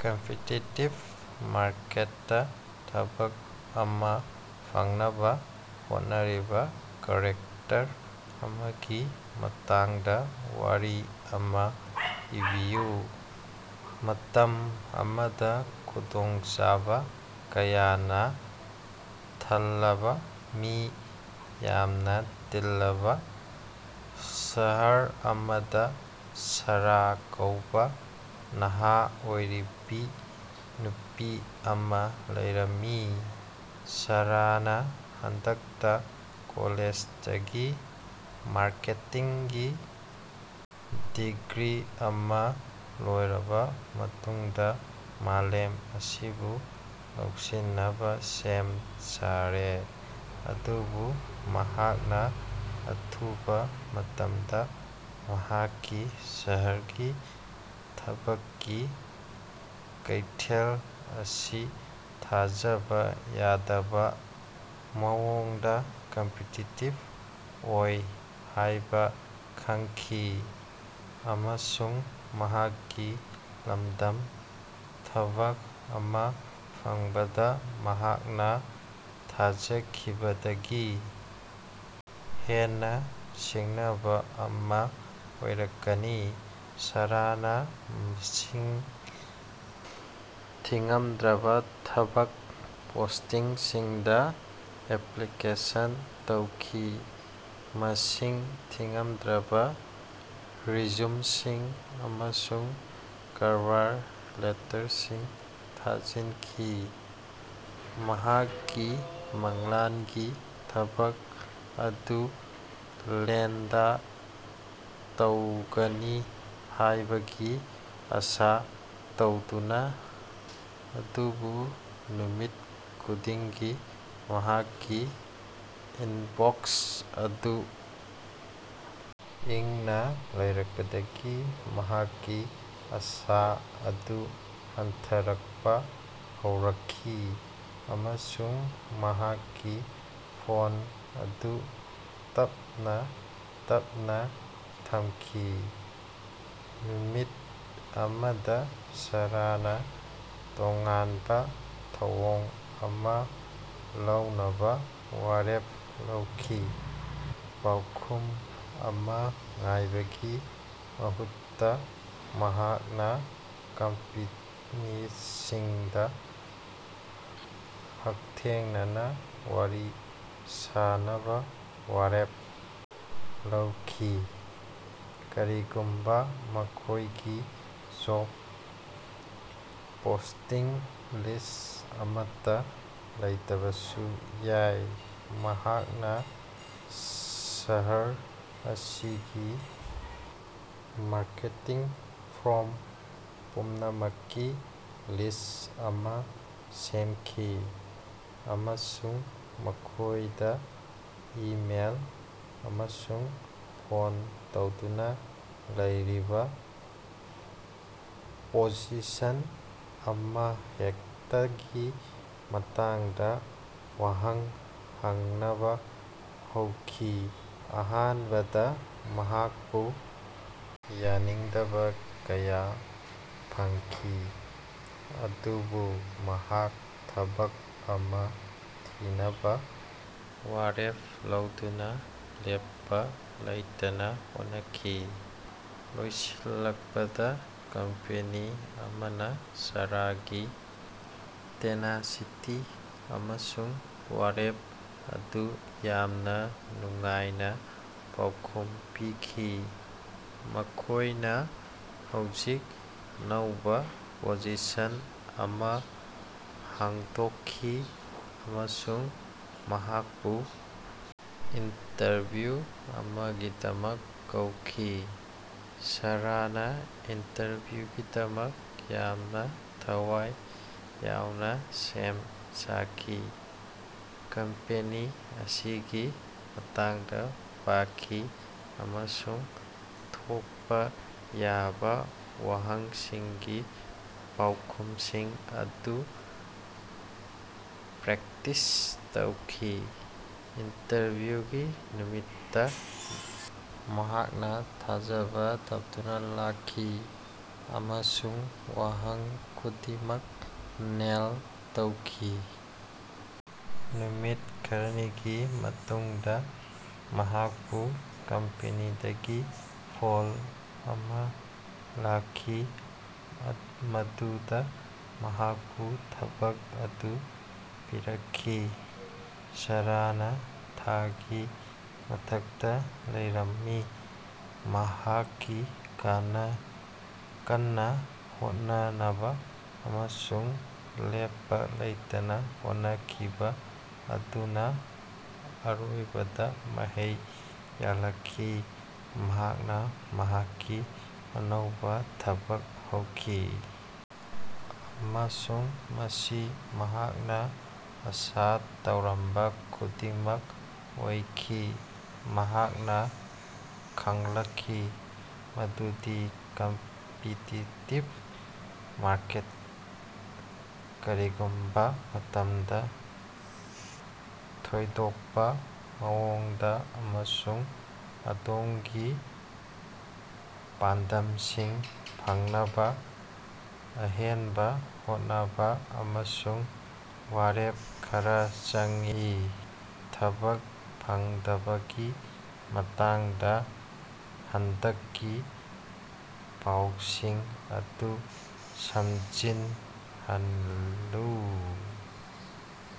Competitive ꯃꯥꯔꯀꯦꯠꯇ ꯊꯕꯛ ꯑꯃ ꯐꯪꯅꯕ ꯍꯣꯠꯅꯔꯤꯕ ꯀꯦꯔꯦꯛꯇꯔ ꯑꯃꯒꯤ ꯃꯇꯥꯡꯗ ꯋꯥꯔꯤ ꯑꯃ ꯏꯕꯤꯌꯨ꯫ ꯃꯇꯝ ꯑꯃꯗ ꯈꯨꯗꯣꯡꯆꯥꯕ ꯀꯌꯥꯅ ꯊꯜꯂꯕ ꯃꯤ ꯌꯥꯝꯅ ꯇꯤꯟꯕ ꯁꯍꯔ ꯑꯃꯗ ꯁꯥꯔꯥ ꯀꯧꯕ ꯅꯍꯥ ꯑꯣꯏꯔꯤꯕꯤ ꯅꯨꯄꯤ ꯑꯃ ꯂꯩꯔꯝꯃꯤ꯫ ꯁꯥꯔꯥꯅ ꯍꯟꯗꯛꯇ ꯀꯣꯂꯦꯖꯇꯒꯤ ꯃꯥꯔꯀꯦꯇꯤꯡꯒꯤ ꯗꯤꯒ꯭ꯔꯤ ꯑꯃ ꯂꯣꯏꯔꯕ ꯃꯇꯨꯡꯗ ꯃꯥꯂꯦꯝ ꯑꯁꯤꯕꯨ ꯂꯧꯁꯤꯟꯅꯕ ꯁꯦꯝ ꯁꯥꯔꯦ꯫ ꯑꯗꯨꯕꯨ ꯃꯍꯥꯛꯅ ꯑꯊꯨꯕ ꯃꯇꯝꯗ ꯃꯍꯥꯛꯀꯤ ꯁꯍꯔꯒꯤ ꯊꯕꯛꯀꯤ ꯀꯩꯊꯦꯜ ꯑꯁꯤ ꯊꯥꯖꯕ ꯌꯥꯗꯕ ꯃꯑꯣꯡꯗ ꯀꯝꯄꯤꯇꯤꯇꯤꯕ ꯑꯣꯏ ꯍꯥꯢꯕ ꯈꯪꯈꯤ, ꯑꯃꯁꯨꯡ ꯃꯍꯥꯛꯀꯤ ꯂꯝꯗꯝ ꯊꯕꯛ ꯑꯃ ꯐꯪꯕꯗ ꯃꯍꯥꯛꯅ ꯊꯥꯖꯈꯤꯕꯗꯒꯤ ꯍꯦꯟꯅ ꯁꯤꯡꯅꯕ ꯑꯃ ꯑꯣꯏꯔꯛꯀꯅꯤ꯫ ꯁꯥꯔꯥꯅ ꯃꯁꯤꯡ ꯊꯤꯉꯝꯗ꯭ꯔꯕ ꯊꯕꯛ ꯄꯣꯁꯇꯤꯡꯁꯤꯡꯗ ꯑꯦꯄ꯭ꯂꯤꯀꯦꯁꯟ ꯇꯧꯈꯤ, ꯃꯁꯤꯡ ꯊꯤꯉꯝꯗ꯭ꯔꯕ ꯔꯤꯖꯨꯃꯦꯁꯤꯡ ꯑꯃꯁꯨꯡ ꯀꯚꯥꯔ ꯂꯦꯇꯔꯁꯤꯡ ꯊꯥꯖꯤꯟꯈꯤ, ꯃꯍꯥꯛꯀꯤ ꯃꯪꯂꯥꯟꯒꯤ ꯊꯕꯛ ꯑꯗꯨ ꯂꯦꯟꯗ ꯇꯧꯒꯅꯤ ꯍꯥꯢꯕꯒꯤ ꯑꯁꯥ ꯇꯧꯗꯨꯅ꯫ ꯑꯗꯨꯕꯨ ꯅꯨꯃꯤꯠ ꯈꯨꯗꯤꯡꯒꯤ ꯃꯍꯥꯛꯀꯤ ꯏꯟꯕꯣꯛꯁ ꯑꯗꯨ ꯏꯪꯅ ꯂꯩꯔꯛꯄꯗꯒꯤ ꯃꯍꯥꯛꯀꯤ ꯑꯁꯥ ꯑꯗꯨ ꯍꯟꯊꯔꯛꯄꯥ ꯍꯧꯔꯛꯈꯤ, ꯑꯃꯁꯨꯡ ꯃꯍꯥꯛꯀꯤ ꯐꯣꯟ ꯑꯗꯨ ꯇꯞꯅꯥ ꯇꯞꯅꯥ ꯊꯝꯈꯤ꯫ ꯅꯨꯃꯤꯠ ꯑꯃꯗ ꯁꯥꯔꯥꯅ ꯇꯣꯉꯥꯟꯕ ꯊꯧꯑꯣꯡ ꯑꯃ ꯂꯧꯅꯕ ꯋꯥꯔꯦꯞ ꯂꯧꯈꯤ꯫ ꯄꯥꯎꯈꯨꯝ ꯑꯃ ꯉꯥꯏꯕꯒꯤ ꯃꯍꯨꯠꯇ ꯃꯍꯥꯛꯅ ꯀꯝꯄꯦꯅꯤꯁꯤꯡꯗ ꯍꯛꯊꯦꯡꯅꯅꯥ ꯋꯥꯔꯤ ꯁꯥꯅꯕ ꯋꯥꯔꯦꯞ ꯂꯧꯈꯤ꯫ ꯀꯔꯤꯒꯨꯝꯕ ꯃꯈꯣꯢꯒꯤ ꯖꯣꯕ ꯄꯣꯁꯇꯤꯡ ꯂꯤꯁ ꯑꯃꯠꯇ ꯂꯩꯇꯕꯁꯨ ꯌꯥꯏ꯫ ꯃꯍꯥꯛꯅ ꯁꯍꯔ ꯑꯁꯤꯒꯤ ꯃꯥꯔꯀꯦꯇꯤꯡ ꯐꯣꯔ꯭ꯝ ꯄꯨꯝꯅꯃꯛꯀꯤ ꯂꯤꯁ ꯑꯃ ꯁꯦꯝꯈꯤ ꯑꯃꯁꯨꯡ ꯃꯈꯣꯢꯗ ꯏꯃꯦꯜ ꯑꯃꯁꯨꯡ ꯐꯣꯟ ꯇꯧꯗꯨꯅ ꯂꯩꯔꯤꯕ ꯄꯣꯖꯤꯁꯟ ꯑꯃꯍꯦꯛꯇꯒꯤ ꯃꯇꯥꯡꯗ ꯋꯍꯪ ꯍꯪꯅꯕ ꯍꯧꯈꯤ꯫ ꯑꯍꯥꯟꯕꯗ ꯃꯍꯥꯛꯄꯨ ꯌꯥꯅꯤꯡꯗꯕꯥ ꯀꯌꯥ ꯐꯪꯈꯤ꯫ ꯑꯗꯨꯕꯨ ꯃꯍꯥꯛ ꯊꯕꯛ ꯑꯃ ꯊꯤꯅꯕ ꯋꯥꯔꯦꯞ ꯂꯧꯗꯨꯅ ꯂꯦꯞꯄ ꯂꯩꯇꯅ ꯍꯣꯠꯅꯈꯤ꯫ ꯂꯣꯏꯁꯤꯜꯂꯛꯄꯗ ꯀꯝꯄꯦꯅꯤ ꯑꯃꯅ ꯁꯥꯔꯥꯒꯤ ꯇꯦꯅꯥꯁꯤꯇꯤ ꯑꯃꯁꯨꯡ ꯋꯥꯔꯦꯞ ꯑꯗꯨ ꯌꯥꯝꯅ ꯅꯨꯡꯉꯥꯏꯅ ꯄꯥꯎꯈꯨꯝ ꯄꯤꯈꯤ꯫ ꯃꯈꯣꯢꯅ ꯍꯧꯖꯤꯛ ꯑꯅꯧꯕ ꯄꯣꯖꯤꯁꯟ ꯑꯃ ꯍꯥꯡꯗꯣꯛꯈꯤ ꯑꯃꯁꯨꯡ ꯃꯍꯥꯛꯄꯨ ꯏꯟꯇꯔꯚ꯭ꯌꯨ ꯑꯃꯒꯤꯗꯃꯛ ꯀꯧꯈꯤ꯫ ꯁꯥꯔꯥꯅ ꯏꯟꯇꯔꯚ꯭ꯌꯨꯒꯤꯗꯃꯛ ꯌꯥꯝꯅ ꯊꯋꯥꯏ ꯌꯥꯎꯅ ꯁꯦꯝ ꯁꯥꯈꯤ꯫ ꯀꯝꯄꯦꯅꯤ ꯑꯁꯤꯒꯤ ꯃꯇꯥꯡꯗ ꯄꯥꯈꯤ ꯑꯃꯁꯨꯡ ꯊꯣꯛꯄꯥ ꯌꯥꯕ ꯋꯥꯍꯪꯁꯤꯡꯒꯤ ꯄꯥꯎꯈꯨꯃꯁꯤꯡ ꯑꯗꯨ ꯄ꯭ꯔꯦꯛꯇꯤꯁ ꯇꯧꯈꯤ꯫ ꯏꯟꯇꯔꯚ꯭ꯌꯨꯒꯤ ꯅꯨꯃꯤꯠꯇ ꯃꯍꯥꯛꯅ ꯊꯥꯖꯕ ꯊꯝꯗꯨꯅ ꯂꯥꯛꯈꯤ, ꯑꯃꯁꯨꯡ ꯋꯥꯍꯪ ꯈꯨꯗꯤꯡꯃꯛ ꯅꯦꯜ ꯇꯧꯈꯤ꯫ ꯅꯨꯃꯤꯠ ꯈꯔꯥꯅꯤꯒꯤ ꯃꯇꯨꯡꯗ ꯃꯍꯥꯛꯄꯨ ꯀꯝꯄꯦꯅꯤꯗꯒꯤ ꯐꯣꯟ ꯑꯃ ꯂꯥꯛꯈꯤ꯫ ꯃꯗꯨꯗ ꯃꯍꯥꯛꯄꯨ ꯊꯕꯛ ꯑꯗꯨ ꯄꯤꯔꯛꯈꯤ꯫ ꯁꯥꯔꯥꯅ ꯊꯥꯒꯤ ꯃꯊꯛꯇ ꯂꯩꯔꯝꯃꯤ, ꯃꯍꯥꯛꯀꯤ ꯀꯥꯅ ꯀꯟꯅ ꯍꯣꯠꯅꯕ ꯑꯃꯁꯨꯡ ꯂꯦꯞꯄ ꯂꯩꯇꯅ ꯍꯣꯠꯅꯈꯤꯕ ꯑꯗꯨꯅ ꯑꯔꯣꯏꯕꯗ ꯃꯍꯩ ꯌꯥꯟꯅꯈꯤ꯫ ꯃꯍꯥꯛꯅ ꯃꯍꯥꯛꯀꯤ ꯑꯅꯧꯕ ꯊꯕꯛ ꯍꯧꯈꯤ, ꯑꯃꯁꯨꯡ ꯃꯁꯤ ꯃꯍꯥꯛꯅ ꯑꯁꯥ ꯇꯧꯔꯝꯕ ꯈꯨꯗꯤꯡꯃꯛ ꯑꯣꯏꯈꯤ꯫ ꯃꯍꯥꯛꯅ ꯈꯪꯂꯛꯈꯤ ꯃꯗꯨꯗꯤ, ꯀꯝꯄꯤꯇꯤꯇꯤꯕ ꯃꯥꯔꯀꯦꯠꯇ, ꯀꯔꯤꯒꯨꯝꯕ ꯃꯇꯝꯗ ꯊꯣꯏꯗꯣꯛꯄ ꯃꯑꯣꯡꯗ ꯑꯃꯁꯨꯡ ꯑꯗꯣꯝꯒꯤ ꯄꯥꯟꯗꯝꯁꯤꯡ ꯐꯪꯅꯕ ꯑꯍꯦꯟꯕ ꯍꯣꯠꯅꯕ ꯑꯃꯁꯨꯡ ꯋꯥꯔꯦꯞ ꯈꯔꯥ ꯆꯪꯏ꯫ ꯊꯕꯛ ꯐꯪꯗꯕꯒꯤ ꯃꯇꯥꯡꯗ ꯍꯟꯗꯛꯀꯤ ꯄꯥꯎꯁꯤꯡ ꯑꯗꯨ ꯁꯝꯖꯤꯟꯍꯜꯂꯨ꯫